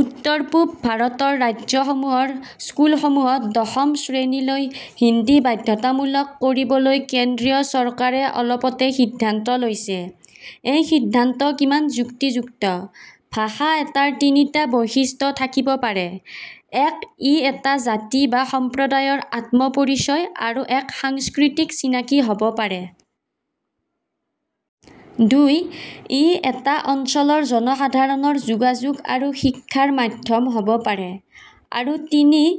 উত্তৰপূব ভাৰতৰ ৰাজ্যসমূহৰ স্কুলসমূহত দশম শ্ৰেণীলৈ হিন্দী বাধ্যতামূলক কৰিবলৈ কেন্দ্ৰীয় চৰকাৰে অলপতে সিদ্ধান্ত লৈছে৷এই সিদ্ধান্ত কিমান যুক্তিযুক্ত? ভাষা এটাৰ তিনিটা বৈশিষ্ট্য থাকিব পাৰে৷ এক- ই এটা জাতি বা সম্প্ৰদায়ৰ আত্মপৰিচয় আৰু এক সাংস্কৃতিক চিনাকী হ'ব পাৰে। দুই- ই এটা অঞ্চলৰ জনসাধাৰণৰ যোগাযোগ আৰু শিক্ষাৰ মাধ্যম হ'ব পাৰে আৰু তিনি-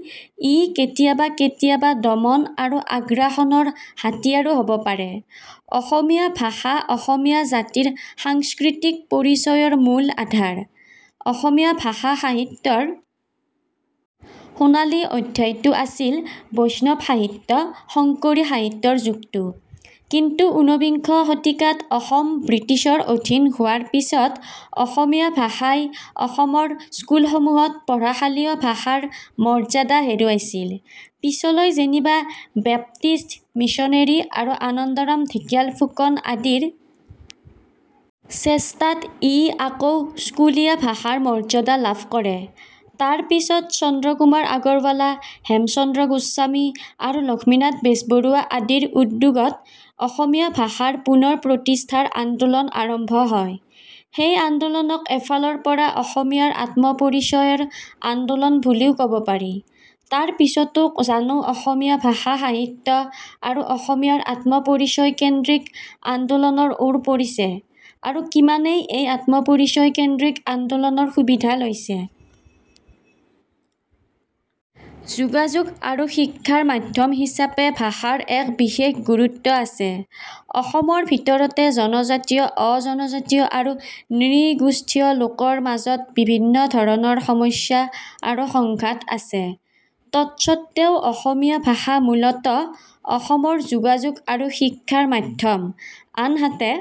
ই কেতিয়াবা কেতিয়াবা দমন আৰু আগ্ৰাসনৰ হাতিয়াৰো হ'ব পাৰে৷ অসমীয়া ভাষা অসমীয়া জাতিৰ সাংস্কৃতিক পৰিচয়ৰ মূল আধাৰ৷ অসমীয়া ভাষা সাহিত্যৰ সোণালী অধ্যায়টো আছিল বৈষ্ণৱ সাহিত্য, শংকৰী সাহিত্যৰ যুগটো৷ কিন্তু উনবিংশ শতিকাত অসম বৃটিছৰ অধীন হোৱাৰ পিছত অসমীয়া ভাষাই অসমৰ স্কুলসমূহত পঢ়াশালীয় ভাষাৰ মৰ্যাদা হেৰুৱাইছিল৷ পিছলৈ যেনিবা বেপ্টিস্ট মিছনেৰী আৰু আনন্দৰাম ঢেকীয়াল ফুকন আদিৰ চেষ্টাত ই আকৌ স্কুলীয়া ভাষাৰ মৰ্যাদা লাভ কৰে৷ তাৰ পিছত চন্দ্ৰ কুমাৰ আগৰৱালা হেমচন্দ্ৰ গোস্বামী আৰু লক্ষ্মীনাথ বেজবৰুৱা আদিৰ উদ্যোগত অসমীয়া ভাষাৰ পুনৰ প্ৰতিষ্ঠাৰ আন্দোলন আৰম্ভ হয়৷ সেই আন্দোলনক এফালৰ পৰা অসমীয়াৰ আত্মপৰিচয়ৰ আন্দোলন বুলিও ক'ব পাৰি৷ তাৰ পিছতো জানো অসমীয়া ভাষা সাহিত্য আৰু অসমীয়াৰ আত্মপৰিচয়কেন্দ্ৰিক আন্দোলনৰ ওৰ পৰিছে আৰু কিমানেই এই আত্মপৰিচয়কেন্দ্ৰিক আন্দোলনৰ সুবিধা লৈছে। যোগাযোগ আৰু শিক্ষাৰ মাধ্যম হিচাপে ভাষাৰ এক বিশেষ গুৰুত্ব আছে৷ অসমৰ ভিতৰতে জনজাতীয়, অজনজাতীয় আৰু নৃগোষ্ঠীয় লোকৰ মাজত বিভিন্ন ধৰণৰ সমস্যা আৰু সংঘাত আছে৷ তৎসত্বেও অসমীয়া ভাষা মূলতঃ অসমৰ যোগাযোগ আৰু শিক্ষাৰ মাধ্যম৷ আনহাতে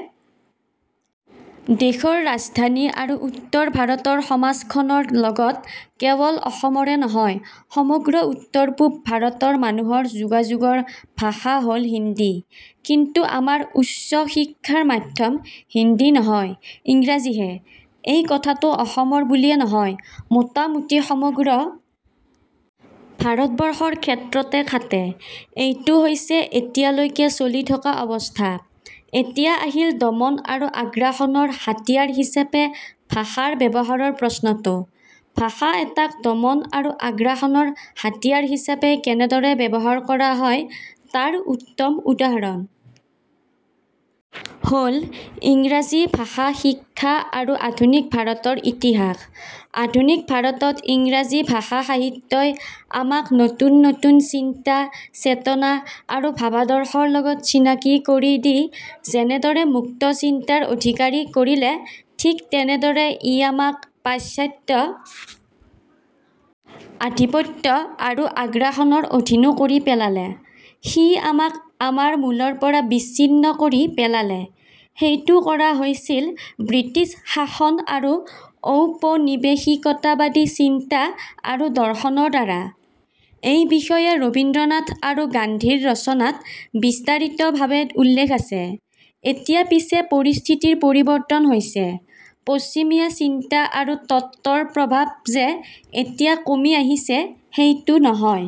দেশৰ ৰাজধানী আৰু উত্তৰ ভাৰতৰ সমাজখনৰ লগত কেৱল অসমৰে নহয় সমগ্ৰ উত্তৰ-পূব ভাৰতৰ মানুহৰ যোগাযোগৰ ভাষা হল হিন্দী৷ কিন্তু আমাৰ উচ্চ শিক্ষাৰ মাধ্যম হিন্দী নহয় ইংৰাজীহে৷ এই কথাটো অসমৰ বুলিয়ে নহয়, মোটামোটি সমগ্ৰ ভাৰতবৰ্ষৰ ক্ষেত্ৰতে খাটে৷ এইটো হৈছে এতিয়ালৈকে চলি থকা অৱস্থা৷ এতিয়া আহিল দমন আৰু আগ্ৰাসনৰ হাতিয়াৰ হিচাপে ভাষাৰ ব্যৱহাৰৰ প্ৰশ্নটো৷ ভাষা এটাক দমন আৰু আগ্ৰাসনৰ হাতিয়াৰ হিচাপে কেনেদৰে ব্যৱহাৰ কৰা হয়, তাৰ উত্তম উদাহৰণ হ'ল ইংৰাজী ভাষা শিক্ষা আৰু আধুনিক ভাৰতৰ ইতিহাস৷আধুনিক ভাৰতত ইংৰাজী ভাষা সাহিত্যই আমাক নতুন নতুন চিন্তা, চেতনা আৰু ভাৱাদৰ্শৰ লগত চিনাকি কৰি দি যেনেদৰে মুক্ত চিন্তাৰ অধিকাৰী কৰিলে, ঠিক তেনেদৰে ই আমাক পাশ্চাত্য আধিপত্য আৰু আগ্ৰাসনৰ অধীনো কৰি পেলালে৷ সি আমাক আমাৰ মূলৰ পৰা বিচ্ছিন্ন কৰি পেলালে৷ সেইটো কৰা হৈছিল বৃটিছ শাসন আৰু ঔপনিবেশিকতাবাদী চিন্তা আৰু দৰ্শনৰ দ্বাৰা৷ এই বিষয়ে ৰবীন্দ্ৰনাথ আৰু গান্ধীৰ ৰচনাত বিস্তাৰিতভাবে উল্লেখ আছে৷ এতিয়া পিছে পৰিস্থিতিৰ পৰিবৰ্তন হৈছে৷ পশ্চিমীয়া চিন্তা আৰু তত্ত্বৰ প্ৰভাৱ যে এতিয়া কমি আহিছে সেইটো নহয়।